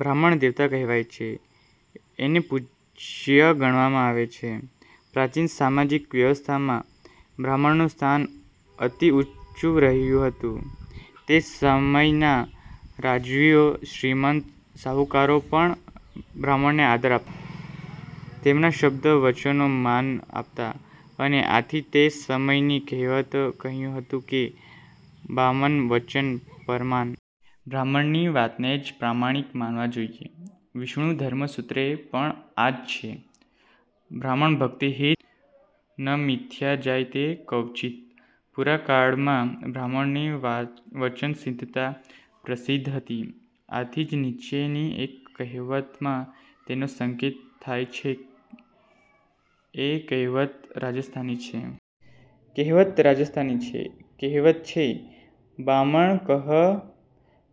બ્રાહ્મણ દેવતા કહેવાયો છે. એને પૂજ્ય ગણવામાં આવ્યો છે. પ્રાચીન સામાજિક વ્યવસ્થામાં બ્રાહ્મણનું સ્થાન અતિ ઉચ્ચ રહ્યું હતું. તે સમયના રાજવીઓ શ્રીમંત શાહુકારો પણ બ્રાહ્મણનો આદર રાખતાં. તેમના શબ્દ વચનને માન આપતાં. અને આથી જ તે સમયની કહેવતે કહ્યું હતું કે બામન વચન પરમાન. બ્રાહ્મણની વાતને જ પ્રામાણિક માનવી જોઈએ. વિષ્ણુ ધર્મસૂત્રે પણ આજ છે બ્રાહ્મણાભિહિતં વાક્યં ન મિથ્યા જાય તે ક્વચિત. પુરા કાળમાં બ્રાહ્મણોની વચનસિદ્ધતા પ્રસિદ્ધ હતી. આથી જ નીચેની એક કહેવતમાં તેનો સંકેત થયો છે એ કહેવત રાજસ્થાની છે. કહેવત રાજસ્થાની છે. કહેવત છે બામણ કહ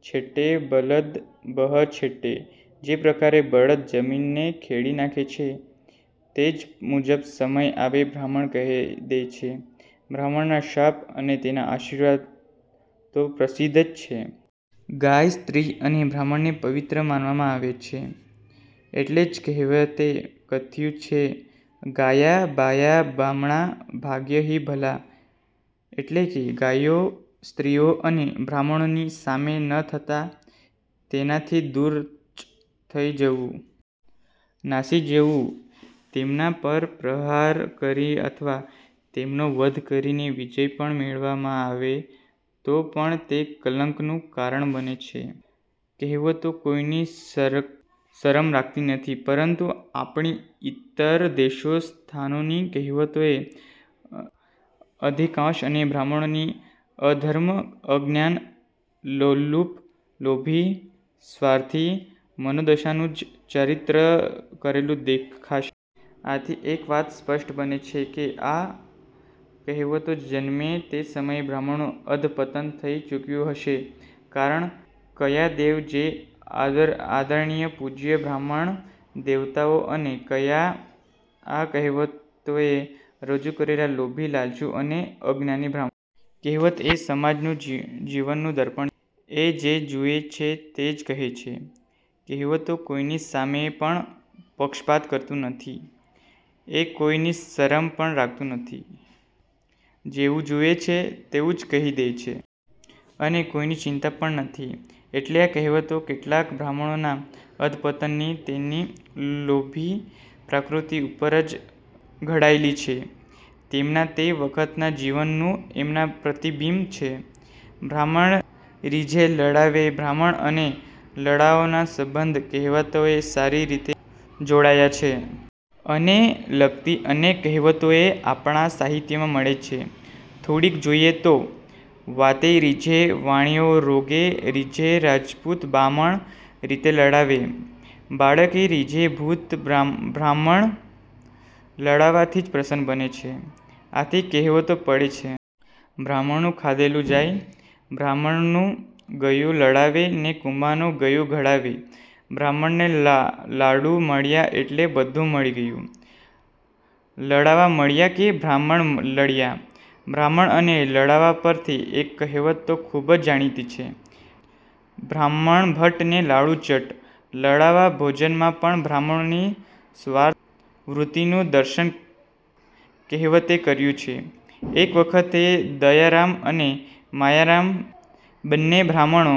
છટૈ બલદ બહ છટૈ. જે પ્રકારે બળદ જમીનને ખેડી નાખે છે તે જ મુજબ સમય આવે બ્રાહ્મણ કહી દે છે. બ્રાહ્મણના શાપ અને તેના આશીર્વાદ તો પ્રસિદ્ધ જ છે. ગાય, સ્ત્રી અને બ્રાહ્મણોને પવિત્ર માનવામાં આવ્યા છે એટલે જ કહેવતે કથ્યું છે ગાયાં બાયાં બામણાં ભાગ્યાં હી ભલા. એટલે કે ગાયો સ્ત્રીઓ અને બ્રાહ્મણોની સામે ન થતાં તેમનાથી દૂર જ થઈ જવું. નાસી જવું. તેમના પર પ્રહાર કરીને અથવા તેમનો વધ કરીને વિજય પણ મેળવવામાં આવે તો પણ તે કલંકનું કારણ બને છે. કહેવતો કોઈની શરમ રાખતી નથી. પરંતુ આપણી ઈતર દેશો સ્થાનોની કહેવતોએ અધિકાંશ પણે બ્રાહ્મણોની અધમ–અજ્ઞાન–લોલુપ–લોભી–સ્વાર્થી મનોદશાનું જ ચિત્રણ કરેલું દેખાશે. આથી એક વાત સ્પષ્ટ બને છે કે આ કહેવતો જન્મી તે સમયે બ્રાહ્મણોનું અધ:પતન થઈ ચૂક્યું હશે કારણ, ક્યાં દેવ જેવા આદરણીય પૂજ્ય બ્રાહ્મણ દેવતાઓ અને ક્યાં આ કહેવતોએ રજુ કરેલા લોભી–લાલચુ અને અજ્ઞાની બાહ્મણો. કહેવત એ સમાજ જીવનનું દર્પણ છે. એ જે જુએ છે તે જ કહે છે. કહેવતો કોઈની સાથે પણ પક્ષપાત કરતું નથી. એ કોઈની શરમ પણ રાખતું નથી. જેવું જુએ છે તેવું જ એ કહી દે છે. એને કોઈ ચિંતા પણ નથી. એટલે આ કહેવતો કેટલાક બ્રાહ્મણોના અધ:પતનની તેમની લોભી પ્રકૃતિની ઉપર જ ઘડાયલી છે. તેમના તે વખતના જીવનનું એમાં પ્રતિબિંબ છે. બ્રાહ્મણ રીઝે લાડવે બ્રાહ્મણ અને લાડવાનો સંબંધ કહેવતોએ સારી રીતે જોડ્યો છે. એને લગતી અનેક કહેવતોએ આપણા સાહિત્યમાં મળે છે. થોડીક જોઈએ તો. વાતે રીઝે વાણીઓ રાગે રીઝે રજપૂત બામણ રીઝે લાડવે, બાકળે રીઝે ભૂત બ્રાહ્મણ લાડવાથી જ પ્રસન્ન બને છે. આથી કહેવતો પડી છે - 'બ્રાહ્મણનું ખાધે જાય' 'બ્રાહ્મણનું ગયું લાડવે ને કુંભારનું ગયું ઘાડવે,'બ્રાહ્મણને લાડુ મળ્યા એટલે બધું મળી ગયું' 'લાડવા મળ્યા કે બ્રાહ્મણ લળ્યા' બ્રાહ્મણ અને લાડવા પરની એક કહેવત તો ખૂબ જ જાણીતી છે – 'બ્રાહ્મણ ભટ્ટ ને લાડુ ચટ્ટ' લાડવા– ભોજનમાં પણ બ્રાહ્મણોની સ્વાર્થવૃત્તિનું દર્શન કહેવતે કરાવ્યું છે. એક વખતે દયારામ અને માયારામ બન્ને બ્રાહ્મણો